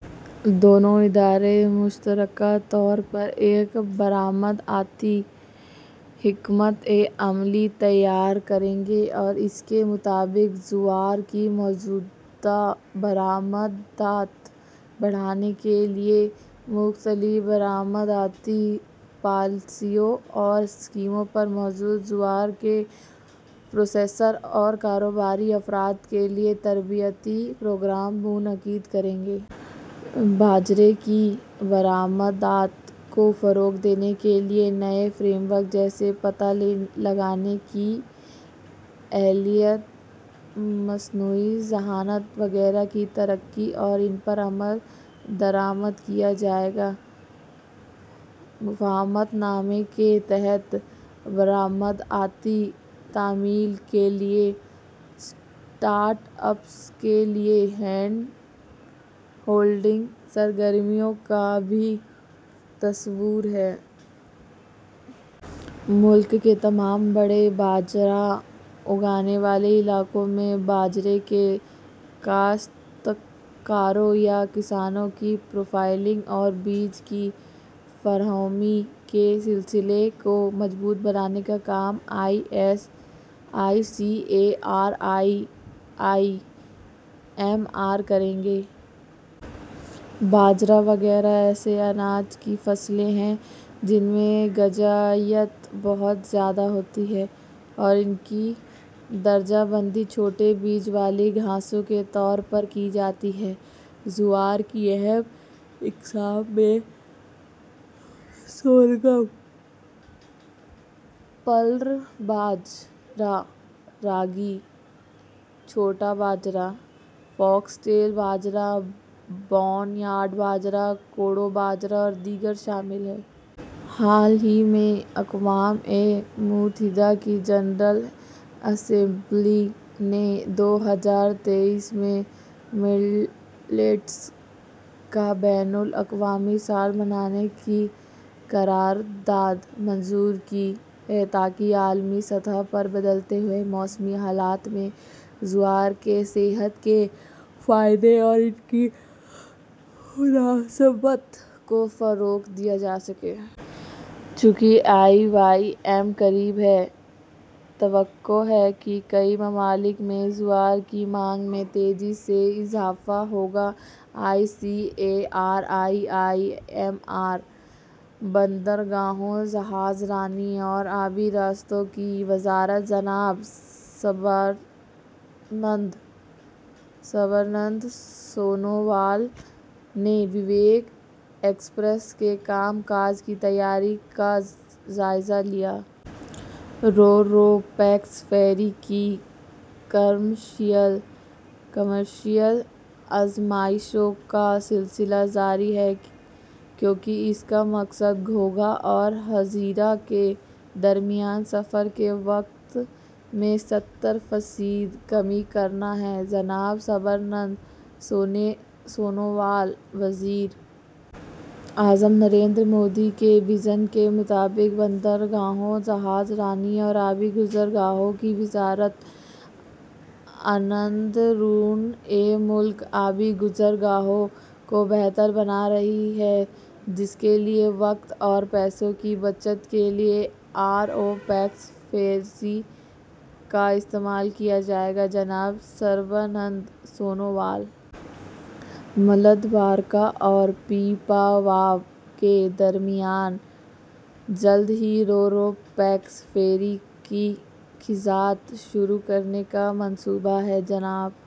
دونوں ادارے مشترکہ طور پر ایک برآمداتی حکمتِ عملی تیار کریں گے اور اس کے مطابق جوار کی موجودہ برآمدات بڑھانے کے لیے مختلف برآمداتی پالیسیوں اور اسکیموں پر موجودہ جوار کے پروسیسرز اور کاروباری افراد کے لیے تربیتی پروگرام منعقد کریں گے۔ باجرے کی برآمدات کو فروغ دینے کے لیے نئے فریم ورک، جیسے پتہ لگانے کی اہلیت، مصنوعی ذہانت وغیرہ، کی ترقی اور ان پر عمل درآمد کیا جائے گا۔ مفاہمت نامے کے تحت برآمدی تعمیل کے لیے اسٹارٹ اپس کے لیے ہینڈ ہولڈنگ سرگرمیوں کا بھی تصور ہے۔ ملک کے تمام بڑے باجرہ اگانے والے علاقوں میں باجرے کے کاشتکاروں یا کسانوں کی پروفائلنگ اور بیج کی فراہمی کے سلسلے کو مضبوط بنانے کا کام I C A R I I M R کرے گا۔ باجرہ وغیرہ ایسے اناج کی فصلیں ہیں جن میں غذائیت بہت زیادہ ہوتی ہے اور ان کی درجہ بندی چھوٹے بیج والی گھاسوں کے طور پر کی جاتی ہے۔ جوار کی اہم اقسام میں سورگم، پرل باجرہ، راگی، چھوٹا باجرہ، فاکس ٹیل باجرہ، بارن یارڈ باجرہ، کوڈو باجرہ اور دیگر شامل ہیں۔ حال ہی میں، اقوام متحدہ کی جنرل اسمبلی نے دو ہزار تئیس میں ملیٹس کا بین الاقوامی سال منانے کی قرارداد منظور کی ہے تاکہ عالمی سطح پر بدلتے ہوئے موسمی حالات میں جوار کے صحت کے فوائد اور ان کی مناسبت کو فروغ دیا جا سکے۔ چونکہ آئی وائی ایم قریب ہے، توقع ہے کہ کئی ممالک میں جوار کی مانگ میں تیزی سے اضافہ ہوگا۔ I C A R I I M R. بندرگاہوں، جہاز رانی اور آبی راستوں کی وزارت جناب سربانند سونووال نے وویک ایکسپریس کے کام کاج کی تیاری کا جائزہ لیا۔ رو رو پیکس فیری کی کمرشل آزمائشوں کا سلسلہ جاری ہے، کیونکہ اس کا مقصد گھوگھا اور ہزیرا کے درمیان سفر کے وقت میں ستر فیصد کمی کرنا ہے: جناب سربانند سونووال۔ وزیر اعظم نریندر مودی کے وژن کے مطابق، بندرگاہوں، جہاز رانی اور آبی گزرگاہوں کی وزارت اندرونِ ملک آبی گزرگاہوں کو بہتر بنا رہی ہے، جس کے لیے وقت اور پیسے کی بچت کے لیے آر او پیکس فیریز کا استعمال کیا جائے گا: جناب سربانند سونووال۔ ملدوارکا اور پیپاوو کے درمیان جلد ہی رو رو پیکس فیری کی خدمات شروع کرنے کا منصوبہ ہے: جناب